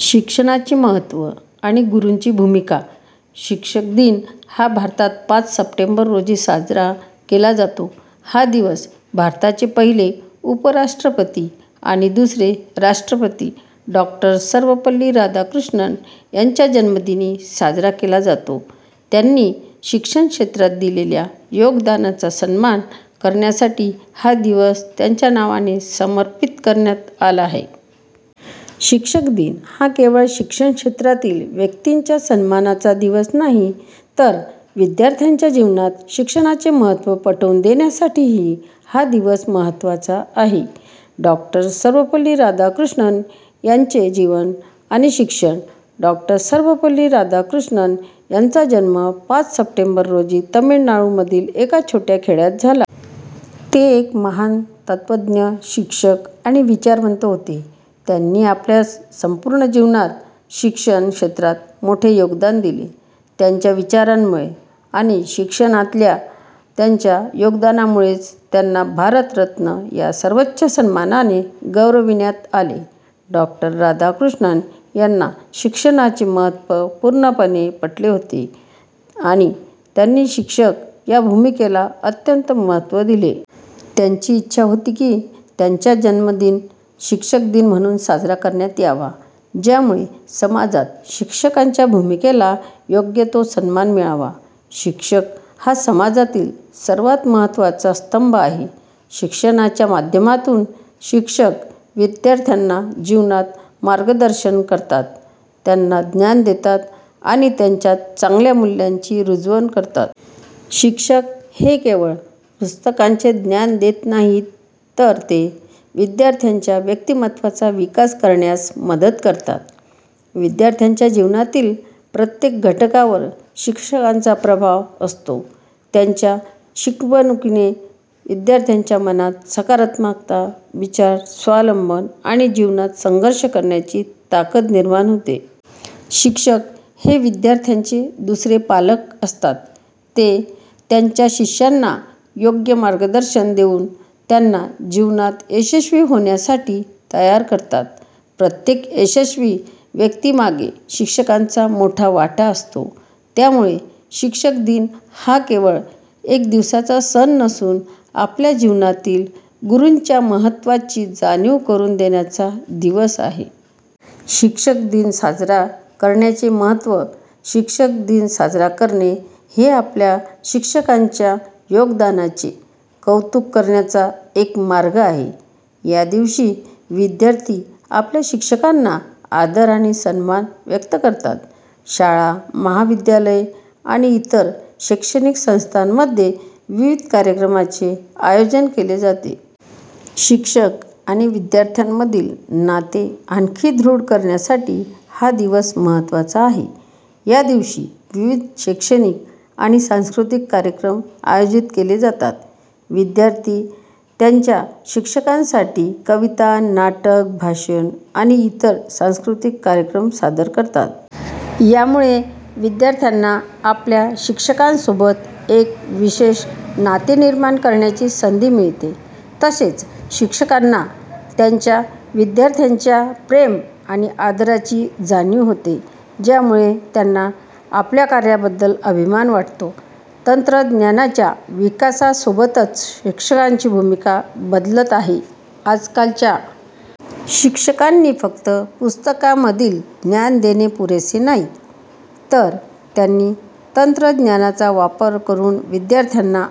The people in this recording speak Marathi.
शिक्षणाचे महत्त्व आणि गुरूंची भूमिका, शिक्षक दिन हा भारतात पाच सप्टेंबर रोजी साजरा केला जातो. हा दिवस भारताचे पहिले उपराष्ट्रपती आणि दुसरे राष्ट्रपती डॉ. सर्वपल्ली राधाकृष्णन यांच्या जन्मदिनी साजरा केला जातो. त्यांनी शिक्षण क्षेत्रात दिलेल्या योगदानाचा सन्मान करण्यासाठी हा दिवस त्यांच्या नावाने समर्पित करण्यात आला आहे. शिक्षक दिन हा केवळ शिक्षण क्षेत्रातील व्यक्तींच्या सन्मानाचा दिवस नाही, तर विद्यार्थ्यांच्या जीवनात शिक्षणाचे महत्त्व पटवून देण्यासाठीही हा दिवस महत्त्वाचा आहे. डॉ. सर्वपल्ली राधाकृष्णन यांचे जीवन आणि शिक्षण, डॉ. सर्वपल्ली राधाकृष्णन यांचा जन्म पाच सप्टेंबर रोजी तमिळनाडूमधील एका छोट्या खेड्यात झाला. ते एक महान तत्त्वज्ञ, शिक्षक, आणि विचारवंत होते. त्यांनी आपल्या संपूर्ण जीवनात शिक्षण क्षेत्रात मोठे योगदान दिले. त्यांच्या विचारांमुळे आणि शिक्षणातल्या त्यांच्या योगदानामुळेच त्यांना भारतरत्न या सर्वोच्च सन्मानाने गौरविण्यात आले. डॉ. राधाकृष्णन यांना शिक्षणाचे महत्त्व पूर्णपणे पटले होते आणि त्यांनी शिक्षक या भूमिकेला अत्यंत महत्त्व दिले. त्यांची इच्छा होती की त्यांचा जन्मदिन शिक्षक दिन म्हणून साजरा करण्यात यावा, ज्यामुळे समाजात शिक्षकांच्या भूमिकेला योग्य तो सन्मान मिळावा. शिक्षक हा समाजातील सर्वात महत्त्वाचा स्तंभ आहे. शिक्षणाच्या माध्यमातून शिक्षक विद्यार्थ्यांना जीवनात मार्गदर्शन करतात, त्यांना ज्ञान देतात, आणि त्यांच्यात चांगल्या मूल्यांची रुजवण करतात. शिक्षक हे केवळ पुस्तकांचे ज्ञान देत नाहीत, तर ते विद्यार्थ्यांच्या व्यक्तिमत्त्वाचा विकास करण्यास मदत करतात. विद्यार्थ्यांच्या जीवनातील प्रत्येक घटकावर शिक्षकांचा प्रभाव असतो. त्यांच्या शिकवणुकीने विद्यार्थ्यांच्या मनात सकारात्मक विचार, स्वावलंबन, आणि जीवनात संघर्ष करण्याची ताकद निर्माण होते. शिक्षक हे विद्यार्थ्यांचे दुसरे पालक असतात. ते त्यांच्या शिष्यांना योग्य मार्गदर्शन देऊन त्यांना जीवनात यशस्वी होण्यासाठी तयार करतात. प्रत्येक यशस्वी व्यक्तीमागे शिक्षकांचा मोठा वाटा असतो. त्यामुळे शिक्षक दिन हा केवळ एक दिवसाचा सण नसून, आपल्या जीवनातील गुरूंच्या महत्त्वाची जाणीव करून देण्याचा दिवस आहे. शिक्षक दिन साजरा करण्याचे महत्त्व, शिक्षक दिन साजरा करणे हे आपल्या शिक्षकांच्या योगदानाचे कौतुक करण्याचा एक मार्ग आहे. या दिवशी विद्यार्थी आपल्या शिक्षकांना आदर आणि सन्मान व्यक्त करतात. शाळा, महाविद्यालये आणि इतर शैक्षणिक संस्थांमध्ये विविध कार्यक्रमांचे आयोजन केले जाते. शिक्षक आणि विद्यार्थ्यांमधील नाते आणखी दृढ करण्यासाठी हा दिवस महत्त्वाचा आहे. या दिवशी विविध शैक्षणिक आणि सांस्कृतिक कार्यक्रम आयोजित केले जातात. विद्यार्थी त्यांच्या शिक्षकांसाठी कविता, नाटक, भाषण, आणि इतर सांस्कृतिक कार्यक्रम सादर करतात. यामुळे विद्यार्थ्यांना आपल्या शिक्षकांसोबत एक विशेष नाते निर्माण करण्याची संधी मिळते. तसेच, शिक्षकांना त्यांच्या विद्यार्थ्यांच्या प्रेम आणि आदराची जाणीव होते, ज्यामुळे त्यांना आपल्या कार्याबद्दल अभिमान वाटतो. तंत्रज्ञानाच्या विकासासोबतच शिक्षकांची भूमिका बदलत आहे. आजकालच्या शिक्षकांनी फक्त पुस्तकांमधील ज्ञान देणे पुरेसे नाही, तर त्यांनी तंत्रज्ञानाचा वापर करून विद्यार्थ्यांना